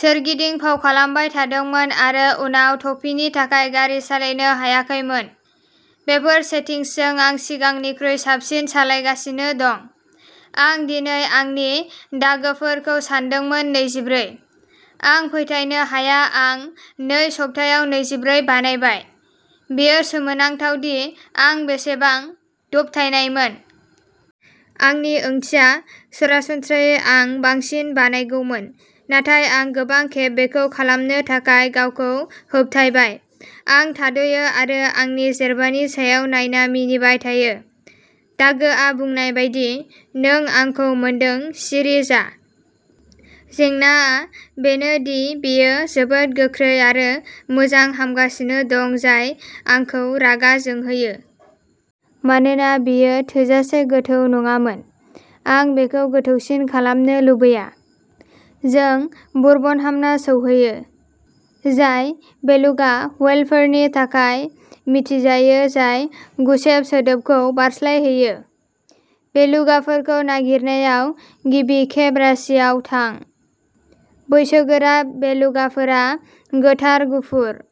सोरगिदिं फावखालामबाय थादोंमोन आरो उनाव टफीनि थाखाय गारि सालायनो हायाखैमोन। बेफोर सेटिंसजों आं सिगांनिख्रुइ साबसिन सालायगासिनो दं। आं दिनै आंनि दागोफोरखौ सानदोंमोनः नैजिब्रै। आं फोथायनो हाया आं नै सप्तायाव नैजिब्रै बानायबाय। बेयो सोमोनांथावदि आं बेसेबां दबथायनायमोन। आंनि ओंथिया, सरासनस्रायै आं बांसिन बानायगौमोन, नाथाय आं गोबां खेब बेखौ खालामनो थाखाय गावखौ होबथायबाय। आं थाद'यो आरो आंनि जेरबानि सायाव नायना मिनिबाय थायो। दागोआ बुंनाय बायदि; "नों आंखौ मोनदों, सिरि जा।" जेंनाआ बेनो दि बेयो जोबोद गोख्रै आरो मोजां हामगासिनो दं जाय आंखौ रागा जोंहोयो। मानोना बेयो थोजासे गोथौ नङामोन। आं बेखौ गोथौसिन खालामनो लुबैया। जों बुरबनहामना सौहैयो, जाय बेलुगा व्हेलफोरनि थाखाय मिथिजायो जाय गुसेब सोदोबखौ बारस्लायहोयो। बेलुगाफोरखौ नागिरनायाव गिबि खेब राशियाव थां। बैसोगोरा बेलुगाफोरा गोथार गुफुर।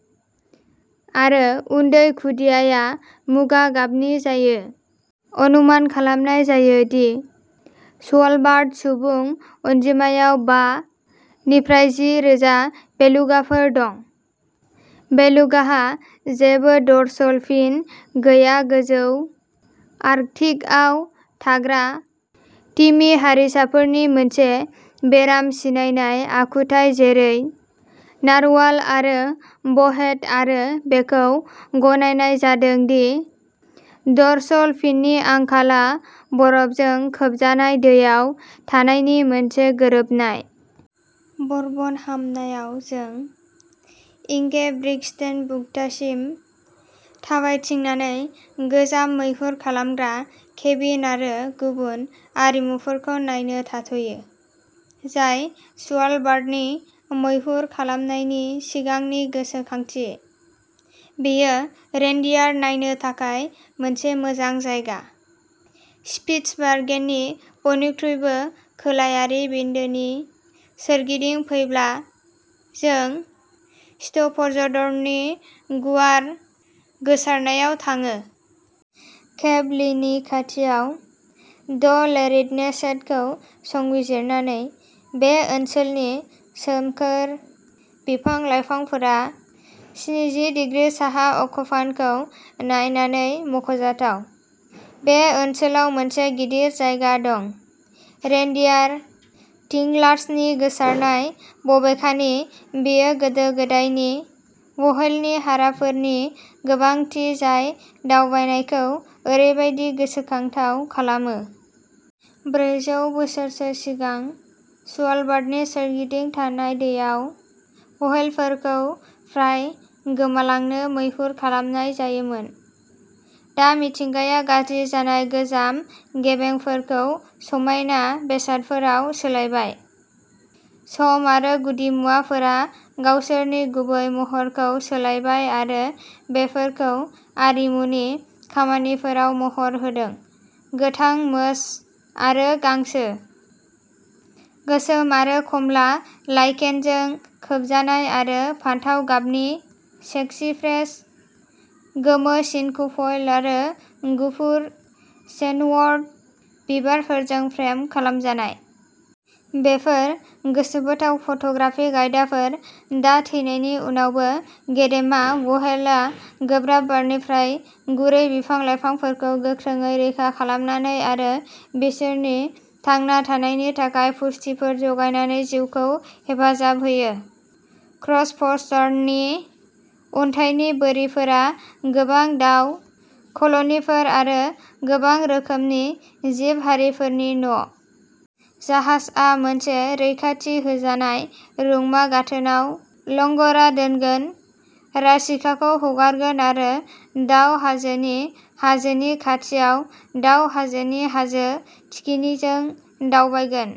आरो उन्दै खुदियाया मुगा गाबनि जायो। अनुमान खालामनाय जायो दि स्वालबार्ड सुबुं अनजिमायाव बा निफ्राय जि रोजा बेलुगाफोर दं। बेलुगाहा जेबो डर्सल फिन गैया-गोजौ आर्कटिकआव थाग्रा तिमि हारिसाफोरनि मोनसे बेराम सिनायनाय आखुथाय जेरै नारवाल आरो ब'हेड-आरो बेखौ गनायनाय जादों दि डर्सल फिननि आंखालआ बरफजों खोबजानाय दैयाव थानायनि मोनसे गोरोबनाय। बरबनहामनाआव जों इंगेब्रिगस्टेनबुक्तासिम थाबायथिंनानै गोजाम मैहुर खालामग्रा केबिन आरो गुबुन आरिमुफोरखौ नायनो थाथ'यो, जाय स्वालबार्डनि मैहुर खालामनायनि सिगांनि गोसोखांथि। बेयो रेनडियार नायनो थाखाय मोनसे मोजां जायगा। स्पिट्सबार्गेननि बयनिख्रुइबो खोलायारि बिन्दोनि सोरगिदिं फैब्ला, जों स्टर्फजर्डननि गुवार गोसारनायाव थाङो। केप लीनि खाथियाव ड'लेरिटनेसेटखौ संजिरनानै, बे ओनसोलनि सोमखोर बिफां-लाइफांफोरा स्निजि डिग्रि साहा अक्षफानखौ नायनानै मख'जाथाव। बे ओनसोलाव मोनसे गिदिर जायगा दं। रेनडियार थिंलार्सनि गोसारनाय, बबेखानि, बेयो गोदो-गोदायनि व्हेलनि हाराफोरनि गोबांथि जाय दावबायनायखौ ओरैबायदि गोसोखांथाव खालामो। ब्रैजौ बोसोरसो सिगां, स्वालबार्डनि सोरगिदिं थानाय दैयाव व्हेलफोरखौ फ्राय गोमालांनो मैहुर खालामनाय जायोमोन। दा मिथिंगाया गाज्रि जानाय गोजाम बेगेंफोरखौ समायना बेसादफोराव सोलायबाय। सम आरो गुदिमुवाफोरा गावसोरनि गुबै महरखौ सोलायबाय आरो बेफोरखौ आरिमुनि खामानिफोराव महर होदों, गोथां मोस आरो गांसो, गोसोम आरो खमला लाइकेनजों खोबजानाय आरो फान्थाव गाबनि सेक्सिफ्रेज, गोमो सिनकुफइल आरो गुफुर सेन्डवर्ट बिबारफोरजों फ्रेम खालामजानाय। बेफोर गोसोबोथाव फट'ग्राफिक आयदाफोर। दा, थैनायनि उनावबो, गेदेमा व्हेलआ गोब्राब बारनिफ्राय गुरै बिफां-लाइफांफोरखौ गोख्रोंयै रैखा खालामनानै आरो बिसोरनि थांना थानायनि थाखाय पुष्टिफोर जगायनानै जिउखौ हेफाजाब होयो। क्रसफजारनि अन्थाइनि बोरिफोरा गोबां दाव कल'निफोर आरो गोबां रोखोमनि जिब-हारिफोरनि न'। जाहाजआ मोनसे रैखाथि होजानाय रुंमा गाथोनआव लंग'रा दोनगोन, राशिकाखौ हगारगोन आरो दाउ हाजोनि हाजोनि खाथियाव दाव हाजोनि हाजो थिखिनिजों दावबायगोन।